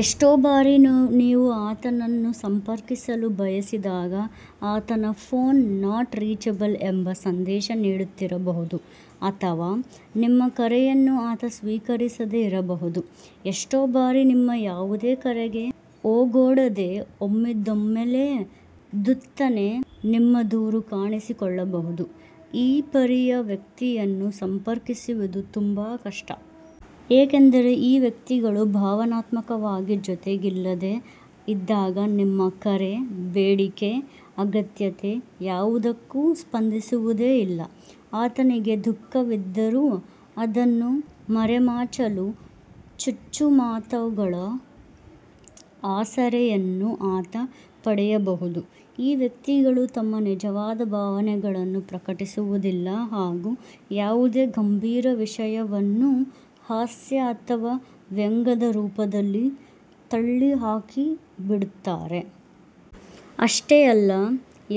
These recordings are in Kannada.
ಎಷ್ಟೋ ಬಾರಿ, ನೀವು ಆತನನ್ನು ಸಂಪರ್ಕಿಸಲು ಬಯಸಿದಾಗ ಆತನ ಫೋನ್ ನಾಟ್ ರೀಚಬಲ್ ಎಂಬ ಸಂದೇಶ ನೀಡುತ್ತಿದ್ದಿರಬಹುದು ಅಥವಾ ನಿಮ್ಮ ಕರೆಯನ್ನು ಆತ ಸ್ವೀಕರಿಸದೇ ಇರಬಹುದು. ಎಷ್ಟೋ ಬಾರಿ ನಿಮ್ಮ ಯಾವುದೇ ಕರೆಗೆ ಓಗೊಡದೇ ಒಮ್ಮಿಂದೊಮ್ಮೆಲೇ ಧುತ್ತನೆ ನಿಮ್ಮೆದುರು ಕಾಣಿಸಿಕೊಳ್ಳಬಹುದು. ಈ ಪರಿಯ ವ್ಯಕ್ತಿಯನ್ನು ಸಂಪರ್ಕಿಸುವುದು ತುಂಬಾ ಕಷ್ಟ. ಏಕೆಂದರೆ, ಈ ವ್ಯಕ್ತಿಗಳು ಭಾವನಾತ್ಮಕವಾಗಿ ಜೊತೆಗಿಲ್ಲದೇ ಇದ್ದಾಗ ನಿಮ್ಮ ಕರೆ, ಬೇಡಿಕೆ, ಅಗತ್ಯತೆ ಯಾವುದಕ್ಕೂ ಸ್ಪಂದಿಸುವುದೇ ಇಲ್ಲ. ಆತನಿಗೆ ದುಃಖವಿದ್ದರೂ ಇದನ್ನು ಮರೆಮಾಚಲು ಚುಚ್ಚುಮಾತುಗಳ ಆಸರೆಯನ್ನು ಆತ ಪಡೆಯಬಹುದು. ಈ ವ್ಯಕ್ತಿಗಳು ತಮ್ಮ ನಿಜವಾದ ಭಾವನೆಗಳನ್ನು ಪ್ರಕಟಿಸುವುದಿಲ್ಲ ಹಾಗೂ ಯಾವುದೇ ಗಂಭೀರ ವಿಷಯವನ್ನೂ ಹಾಸ್ಯ ಅಥವಾ ವ್ಯಂಗ್ಯದ ರೂಪದಲ್ಲಿ ತಳ್ಳಿಹಾಕಿಬಿಡುತ್ತಾರೆ. ಅಷ್ಟೇ ಅಲ್ಲ,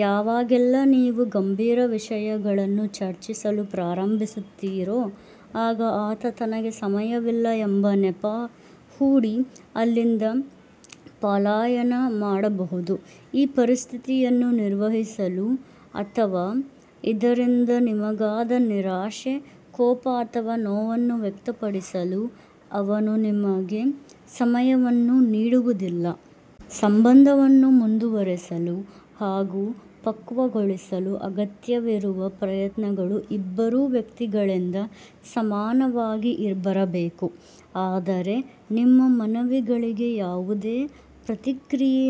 ಯಾವಾಗೆಲ್ಲಾ ನೀವು ಗಂಭೀರ ವಿಷಯಗಳನ್ನು ಚರ್ಚಿಸಲು ಪ್ರಾರಂಭಿಸುತ್ತೀರೋ ಆಗ ಆತ ತನಗೆ ಸಮಯವಿಲ್ಲ ಎಂಬ ನೆಪ ಹೂಡಿ ಅಲ್ಲಿಂದ ಪಲಾಯನ ಮಾಡಬಹುದು. ಈ ಪರಿಸ್ಥಿತಿಯನ್ನು ನಿರ್ವಹಿಸಲು ಅಥವಾ ಇದರಿಂದ ನಿಮಗಾದ ನಿರಾಶೆ, ಕೋಪ ಅಥವಾ ನೋವನ್ನು ವ್ಯಕ್ತಪಡಿಸಲೂ ಅವನು ನಿಮಗೆ ಸಮಯವನ್ನು ನೀಡುವುದಿಲ್ಲ. ಸಂಬಂಧವನ್ನು ಮುಂದುವರೆಸಲು ಹಾಗೂ ಪಕ್ವಗೊಳಿಸಲು ಅಗತ್ಯವಿರುವ ಪ್ರಯತ್ನಗಳು ಇಬ್ಬರೂ ವ್ಯಕ್ತಿಗಳಿಂದ ಸಮಾನವಾಗಿ ಬರಬೇಕು. ಆದರೆ ನಿಮ್ಮ ಮನವಿಗಳಿಗೆ ಯಾವುದೇ ಪ್ರತಿಕ್ರಿಯೆ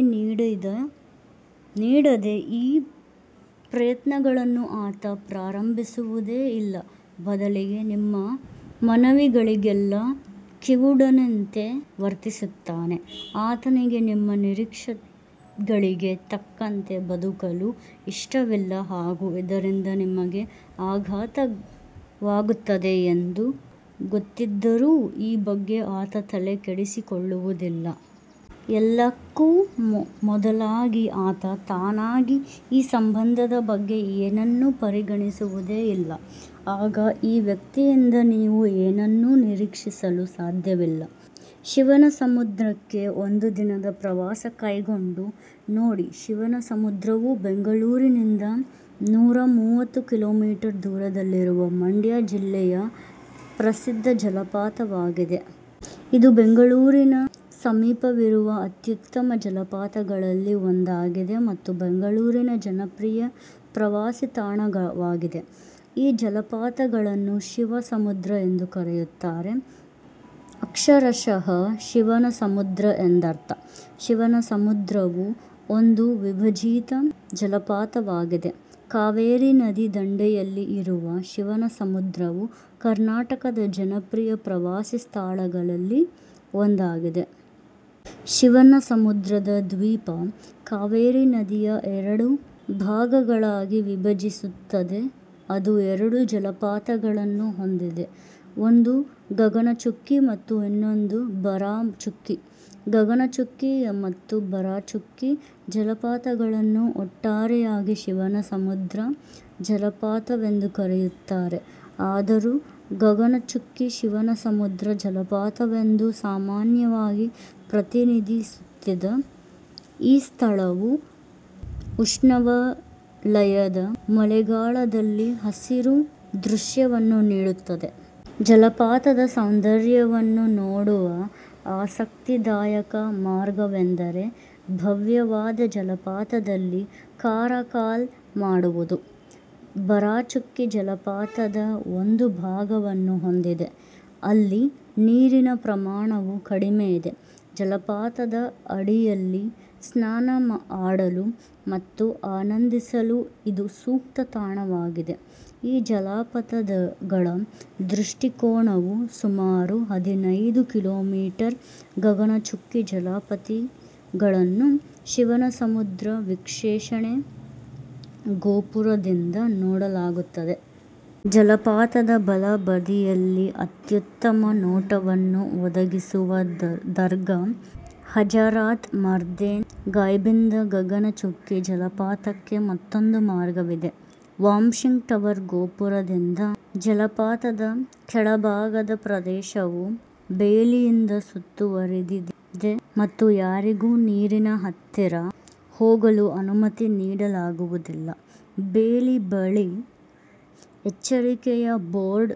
ನೀಡದೇ ಈ ಪ್ರಯತ್ನಗಳನ್ನು ಆತ ಪ್ರಾರಂಭಿಸುವುದೇ ಇಲ್ಲ, ಬದಲಿಗೆ, ನಿಮ್ಮ ಮನವಿಗಳಿಗೆಲ್ಲಾ ಕಿವುಡನೆಂತೆ ವರ್ತಿಸುತ್ತಾನೆ. ಆತನಿಗೆ ನಿಮ್ಮ ನಿರೀಕ್ಷೆಗಳಿಗೆ ತಕ್ಕಂತೆ ಬದುಕಲು ಇಷ್ಟವಿಲ್ಲ ಹಾಗೂ ಇದರಿಂದ ನಿಮಗೆ ಆಘಾತವಾಗುತ್ತದೆ ಎಂದು ಗೊತ್ತಿದ್ದರೂ ಈ ಬಗ್ಗೆ ಆತ ತಲೆ ಕೆಡಿಸಿಕೊಳ್ಳುವುದಿಲ್ಲ. ಎಲ್ಲಕ್ಕೂ ಮೊದಲಾಗಿ, ಆತ ತಾನಾಗಿ ಈ ಸಂಬಂಧದ ಬಗ್ಗೆ ಏನನ್ನೂ ಪರಿಗಣಿಸುವುದೇ ಇಲ್ಲ. ಆಗ ಈ ವ್ಯಕ್ತಿಯಿಂದ ನೀವು ಏನನ್ನೂ ನಿರೀಕ್ಷಿಸಲು ಸಾಧ್ಯವಿಲ್ಲ. ಶಿವನಸಮುದ್ರಕ್ಕೆ ಒಂದು ದಿನದ ಪ್ರವಾಸ ಕೈಗೊಂಡು ನೋಡಿ ಶಿವನಸಮುದ್ರವು ಬೆಂಗಳೂರಿನಿಂದ ನೂರ ಮೂವತ್ತು ಕಿಲೋಮೀಟರ್ ದೂರದಲ್ಲಿರುವ ಮಂಡ್ಯ ಜಿಲ್ಲೆಯ ಪ್ರಸಿದ್ಧ ಜಲಪಾತವಾಗಿದೆ. ಇದು ಬೆಂಗಳೂರಿನ ಸಮೀಪವಿರುವ ಅತ್ಯುತ್ತಮ ಜಲಪಾತಗಳಲ್ಲಿ ಒಂದಾಗಿದೆ ಮತ್ತು ಬೆಂಗಳೂರಿನ ಜನಪ್ರಿಯ ಪ್ರವಾಸಿತಾಣವಾಗಿದೆ. ಈ ಜಲಪಾತಗಳನ್ನು ಶಿವ ಸಮುದ್ರ ಎಂದೂ ಕರೆಯುತ್ತಾರೆ. ಅಕ್ಷರಶಃ ಶಿವನ ಸಮುದ್ರ ಎಂದರ್ಥ. ಶಿವನಸಮುದ್ರವು ಒಂದು ವಿಭಜಿತ ಜಲಪಾತವಾಗಿದೆ. ಕಾವೇರಿ ನದಿಯ ದಂಡೆಯಲ್ಲಿರುವ ಶಿವನಸಮುದ್ರವು ಕರ್ನಾಟಕದ ಜನಪ್ರಿಯ ಪ್ರವಾಸಿ ಸ್ಥಳಗಳಲ್ಲಿ ಒಂದಾಗಿದೆ. ಶಿವನಸಮುದ್ರದ ದ್ವೀಪ ಕಾವೇರಿ ನದಿಯ ಎರಡು ಭಾಗಗಳಾಗಿ ವಿಭಜಿಸುತ್ತದೆ, ಅದು ಎರಡು ಜಲಪಾತಗಳನ್ನು ಹೊಂದಿದೆ, ಒಂದು ಗಗನಚುಕ್ಕಿ ಮತ್ತು ಇನ್ನೊಂದು ಬರಾಚುಕ್ಕಿ. ಗಗನಚುಕ್ಕಿ ಮತ್ತು ಬರಚುಕ್ಕಿ ಜಲಪಾತಗಳನ್ನು ಒಟ್ಟಾರೆಯಾಗಿ ಶಿವನಸಮುದ್ರ ಜಲಪಾತವೆಂದು ಕರೆಯುತ್ತಾರೆ. ಆದರೂ ಗಗನಚುಕ್ಕಿ ಶಿವನಸಮುದ್ರ ಜಲಪಾತವೆಂದು ಸಾಮಾನ್ಯವಾಗಿ ಪ್ರತಿನಿಧಿಸುತ್ತದೆ. ಈ ಸ್ಥಳವು ಉಷ್ಣವಲಯದ ಮಳೆಗಾಲದಲ್ಲಿ ಹಸಿರು ದೃಶ್ಯವನ್ನು ನೀಡುತ್ತದೆ. ಜಲಪಾತದ ಸೌಂದರ್ಯವನ್ನು ನೋಡುವ ಆಸಕ್ತಿದಾಯಕ ಮಾರ್ಗವೆಂದರೆ ಭವ್ಯವಾದ ಜಲಪಾತದಲ್ಲಿ ಕಾರಾಕಲ್ ಮಾಡುವುದು. ಬರಾಚುಕ್ಕಿ ಜಲಪಾತದ ಒಂದು ವಿಭಾಗವನ್ನು ಹೊಂದಿದೆ, ಅಲ್ಲಿ ನೀರಿನ ಪ್ರಮಾಣವು ಕಡಿಮೆ ಇದೆ. ಜಲಪಾತದ ಅಡಿಯಲ್ಲಿ ಸ್ನಾನ ಆಡಲು ಮತ್ತು ಆನಂದಿಸಲು ಇದು ಸೂಕ್ತ ತಾಣವಾಗಿದೆ. ಈ ಜಲಪಾತಗಳ ದೃಷ್ಟಿಕೋನವು ಸುಮಾರು ಹದಿನೈದು ಕಿಲೋಮೀಟರ್ ಗಗನಚುಕ್ಕಿ ಜಲಪಾತಗಳನ್ನು ಶಿವನಸಮುದ್ರ ವೀಕ್ಷಣೆ ಗೋಪುರದಿಂದ ನೋಡಲಾಗುತ್ತದೆ. ಜಲಪಾತದ ಬಲ ಬದಿಯಲ್ಲಿ ಅತ್ಯುತ್ತಮ ನೋಟವನ್ನು ಒದಗಿಸುವ ದರ್ಗಾ ಹಜರಥ್ ಮರ್ದೆನ್ ಗೈಬ್ನಿಂದ ಗಗನಚುಕ್ಕಿ ಜಲಪಾತಕ್ಕೆ ಮತ್ತೊಂದು ಮಾರ್ಗವಿದೆ. ವಾಶಿಂಗ್ ಟವರ್ ಗೋಪುರದಿಂದ ಜಲಪಾತದ ಕೆಳಭಾಗದ ಪ್ರದೇಶವು ಬೇಲಿಯಿಂದ ಸುತ್ತುವರಿದಿದೆ ಮತ್ತು ಯಾರಿಗೂ ನೀರಿನ ಹತ್ತಿರ ಹೋಗಲು ಅನುಮತಿ ನೀಡಲಾಗುವುದಿಲ್ಲ. ಬೇಲಿ ಬಳಿ ಎಚ್ಚರಿಕೆಯ ಬೋರ್ಡ್ ಹಾಕಲಾಗಿದೆ.